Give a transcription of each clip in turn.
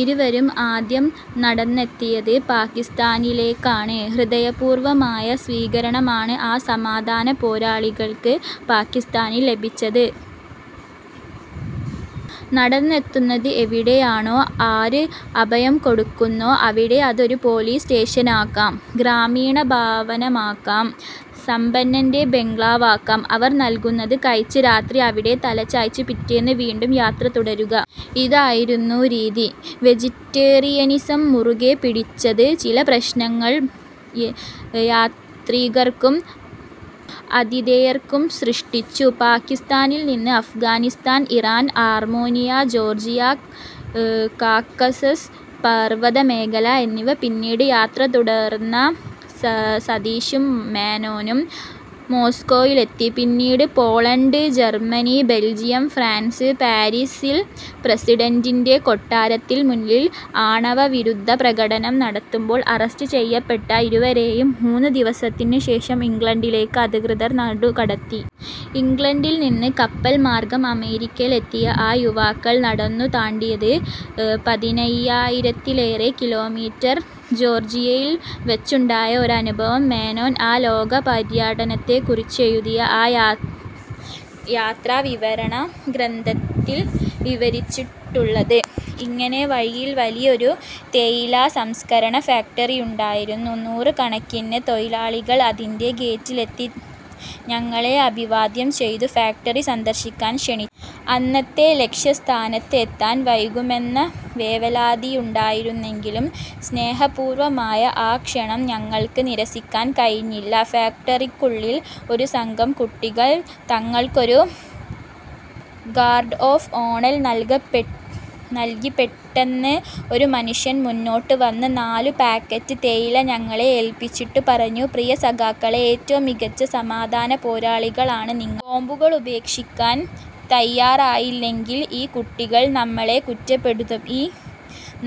ഇരുവരും ആദ്യം നടന്നെത്തിയത് പാകിസ്താനിലേക്കാണ്. ഹൃദയപൂർവമായ സ്വീകരണമാണ് ആ സമാധാന പോരാളികൾക്ക് പാകിസ്താനിൽ ലഭിച്ചത്. നടന്നെത്തുന്നത് എവിടെയാണോ, ആര് അഭയം കൊടുക്കുന്നോ അവിടെ അതൊരു പോലീസ് സ്റ്റേഷനാകാം, ഗ്രാമീണഭവനമാകാം, സമ്പന്നന്റെ ബംഗ്ലാവാകാം അവർ നൽകുന്നത് കഴിച്ച് രാത്രി അവിടെ തലചായ്ച്ച് പിറ്റേന്ന് വീണ്ടും യാത്ര തുടരുക. ഇതായിരുന്നു രീതി. വെജിറ്റേറിയനിസം മുറുകെ പിടിച്ചത് ചില പ്രശ്നങ്ങൾ യാത്രികർക്കും ആതിഥേയർക്കും സൃഷ്ടിച്ചു. പാകിസ്താനിൽനിന്ന് Afghanistan, Iran, Armenia, Georgia, Caucasus പർവ്വതമേഖല എന്നിവ പിന്നിട്ട് യാത്ര തുടർന്ന സതീഷും മേനോനും മോസ്കോയിലെത്തി. പിന്നീട് പോളണ്ട്, ജർമനി, ബെൽജിയം, ഫ്രാൻസ്. പാരിസിൽ പ്രസിഡന്റിന്റെ കൊട്ടാരത്തിന് മുന്നിൽ ആണവവിരുദ്ധ പ്രകടനം നടത്തുമ്പോൾ അറസ്റ്റ് ചെയ്യപ്പെട്ട ഇരുവരെയും മൂന്നുദിവസത്തിന് ശേഷം ഇംഗ്ലണ്ടിലേക്ക് അധികൃതർ നാടുകടത്തി. ഇംഗ്ലണ്ടിൽ നിന്ന് കപ്പൽ മാർഗ്ഗം അമേരിക്കയിലെത്തിയ ആ യുവാക്കൾ നടന്നു താണ്ടിയത് പതിനയ്യായിരത്തിലേറേ കിലോമീറ്റർ. ജോർജിയയിൽ വെച്ചുണ്ടായ ഒരനുഭവം മേനോൻ ആ ലോകപര്യടനത്തെക്കുറിച്ചെഴുതിയ യാത്രാവിവരണ ഗ്രന്ഥത്തിൽ വിവരിച്ചിട്ടുള്ളത് ഇങ്ങനെ. വഴിയിൽ വലിയൊരു തേയില സംസ്ക്കരണ ഫാക്ടറിയുണ്ടായിരുന്നു. നൂറുകണക്കിന് തൊഴിലാളികൾ അതിന്റെ ഗേറ്റിലെത്തി ഞങ്ങളെ അഭിവാദ്യം ചെയ്തു. ഫാക്ടറി സന്ദർശിക്കാൻ ക്ഷണിച്ചു. അന്നത്തെ ലക്ഷ്യസ്ഥാനത്ത് എത്താൻ വൈകുമെന്ന വേവലാതിയുണ്ടായിരുന്നെങ്കിലും, സ്നേഹപൂർവമായ ആ ക്ഷണം ഞങ്ങൾക്ക് നിരസിക്കാൻ കഴിഞ്ഞില്ല. ഫാക്ടറിക്കുള്ളിൽ ഒരുസംഘം കുട്ടികൾ ഞങ്ങൾക്കൊരു ഗാർഡ് ഓഫ് ഓണൽ നൽകിപെട്ടെന്ന് ഒരു മനുഷ്യൻ മുന്നോട്ട് വന്ന് നാലുപാക്കറ്റ് തേയില ഞങ്ങളെ ഏൽപ്പിച്ചിട്ട് പറഞ്ഞു: പ്രിയ സഖാക്കളേ, ഏറ്റവും മികച്ച സമാധാന പോരാളികളാണ് നിങ്ങ ബോംബുകളുപേക്ഷിക്കാൻ തയ്യാറായില്ലെങ്കിൽ ഈ കുട്ടികൾ നമ്മളെ കുറ്റപ്പെടുത്തും. ഈ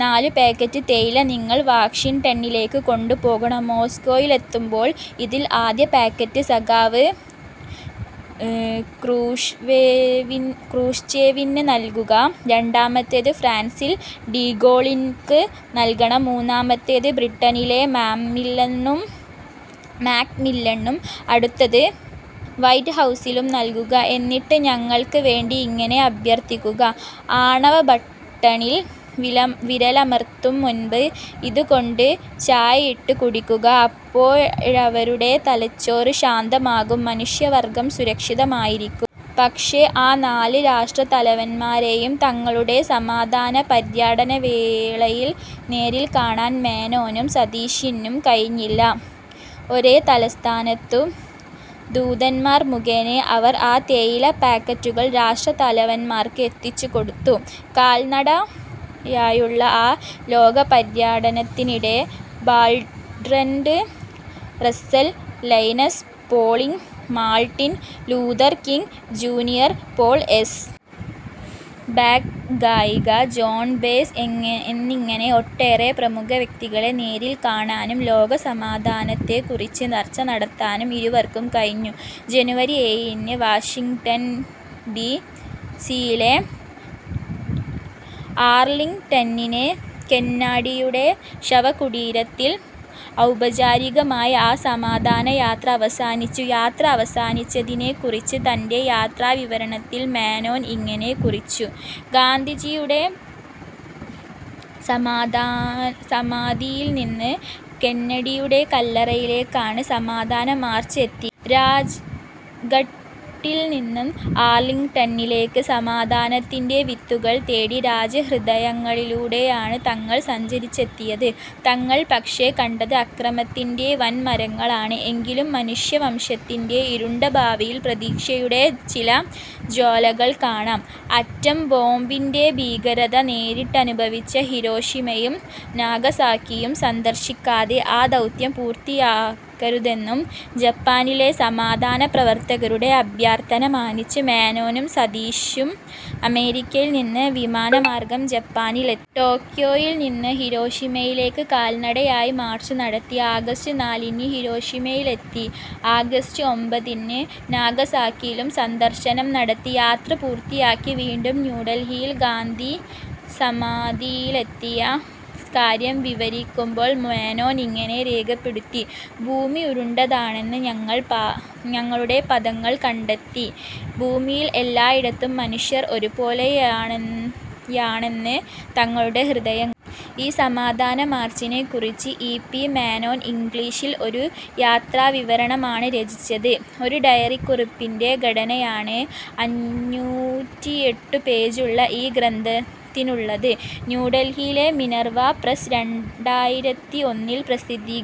നാലുപാക്കറ്റ് തേയില നിങ്ങൾ വാഷിങ്ടണിലേക്ക് കൊണ്ടുപോകണം. മോസ്കോയിലെത്തുമ്പോൾ ഇതിൽ ആദ്യ പാക്കറ്റ് സഖാവ് ക്രൂഷ്ച്ചേവിന് നൽകുക, രണ്ടാമത്തേത് ഫ്രാൻസിൽ ഡി ഗോളിക്ക് നൽകണം. മൂന്നാമത്തേത് ബ്രിട്ടനിലെ മാക്മില്ലണും, അടുത്തത് വൈറ്റ്ഹൗസിലും നൽകുക. എന്നിട്ട് ഞങ്ങൾക്ക് വേണ്ടി ഇങ്ങനെ അഭ്യർഥിക്കുക: 'ആണവബട്ടണിൽ വിരലമർത്തുംമുമ്പ് ഇതുകൊണ്ട് ചായയിട്ട് കുടിക്കുക' അപ്പോഴവരുടെ തലച്ചോർ ശാന്തമാകും, മനുഷ്യവർഗം സുരക്ഷിതമായിരിക്കും. ' പക്ഷേ, ആ നാല് രാഷ്ട്രതലവൻമാരെയും തങ്ങളുടെ സമാധാന പര്യടനവേളയിൽ നേരിൽ കാണാൻ മേനോനും സതീഷിനും കഴിഞ്ഞില്ല. ഓരോ തലസ്ഥാനത്തും ദൂതൻമാർ മുഖേന അവർ ആ തേയിലപാക്കറ്റുകൾ രാഷ്ട്രതലവൻമാർക്ക് എത്തിച്ചുകൊടുത്തു. കാൽനടയായുള്ള ആ ലോകപര്യടനത്തിനിടെ Bertrand Russell, Linus Pauling, Martin Luther King Junior, Pearl S. Buck, ഗായിക ജോൺ ബേസ് എന്നിങ്ങനെ ഒട്ടേറെ പ്രമുഖ വ്യക്തികളെ നേരിൽ കാണാനും ലോകസമാധാനത്തെക്കുറിച്ച് ചർച്ച നടത്താനും ഇരുവർക്കും കഴിഞ്ഞു. ജനുവരി ഏഴിന് വാഷിങ്ടൺ ഡി സിയിലെ ആർലിങ്ടണിൽ കെന്നഡിയുടെ ശവകുടീരത്തിൽ ഔപചാരികമായി ആ സമാധാന യാത്ര അവസാനിച്ചു. യാത്ര അവസാനിച്ചതിനെക്കുറിച്ച് തന്റെ യാത്രാവിവരണത്തിൽ മേനോൻ ഇങ്ങനെ കുറിച്ചു: 'ഗാന്ധിജിയുടെ സമാധിയിൽനിന്ന് കെന്നഡിയുടെ കല്ലറയിലേക്കാണ് സമാധാന മാർച്ച് എത്തിയത്. രാജ്ഘട്ടിൽനിന്ന് ആർലിങ്ടണിലേക്ക്! സമാധാനത്തിന്റെ വിത്തുകൾ തേടി രാജ്യഹൃദയങ്ങളിലൂടെയാണ് ഞങ്ങൾ സഞ്ചരിച്ചെത്തിയത്. ഞങ്ങൾ പക്ഷേ, കണ്ടത് അക്രമത്തിന്റെ വൻമരങ്ങളാണ്! എങ്കിലും, മനുഷ്യവംശത്തിന്റെ ഇരുണ്ട ഭാവിയിൽ പ്രതീക്ഷയുടെ ചില ജ്വാലകൾ കാണാം'. ആറ്റംബോംബിന്റെ ഭീകരത നേരിട്ടനുഭവിച്ച ഹിരോഷിമയും നാഗസാക്കിയും സന്ദർശിക്കാതെ ആ ദൗത്യം പൂർത്തിയാക്കരുതെന്ന ജപ്പാനിലെ സമാധാന പ്രവർത്തകരുടെ അഭ്യർഥന മാനിച്ച് മേനോനും സതീഷും അമേരിക്കയിൽനിന്ന് വിമാനമാർഗ്ഗം ജപ്പാനിൾ... ടോക്യോയിൽനിന്ന് ഹിരോഷിമയിലേക്ക് കാൽനടയായി മാർച്ച് നടത്തി. ആഗസ്റ്റ് നാലിന് ഹിരോഷിമയിലെത്തി ആഗസ്റ്റ് ഒൻപതിന് നാഗസാക്കിയിലും സന്ദർശനം നടത്തി. യാത്ര പൂർത്തിയാക്കി വീണ്ടും ന്യൂഡൽഹിയിൽ ഗാന്ധി സമാധിയിലെത്തിയ കാര്യം വിവരിക്കുമ്പോൾ മേനോൻ ഇങ്ങനെ രേഖപ്പെടുത്തി: 'ഭൂമി ഉരുണ്ടതാണെന്ന് ഞങ്ങളുടെ പാദങ്ങൾ കണ്ടെത്തി, ഭൂമിയിൽ എല്ലായിടത്തും മനുഷ്യർ ഒരുപോലെയാണെന്ന് ഞങ്ങളുടെ ഹൃദയം ആ സമാധാന മാർച്ചിനെക്കുറിച്ച് ഇ. പി. മേനോൻ ഇംഗ്ലീഷിൽ ഒരു യാത്രാവിവരണമാണ് രചിച്ചത്. ഒരു ഡയറിക്കുറിപ്പിന്റെ ഘടനയാണ് അഞ്ഞൂറ്റിയെട്ടു പേജുള്ള ഈ ഗ്രന്ഥത്തിനുള്ളത്. ന്യൂഡൽഹിയിലെ മിനർവ പ്രസ്സ് രണ്ടായിരത്തിഒന്നിൽ പ്രസിദ്ധീകരിച്ചു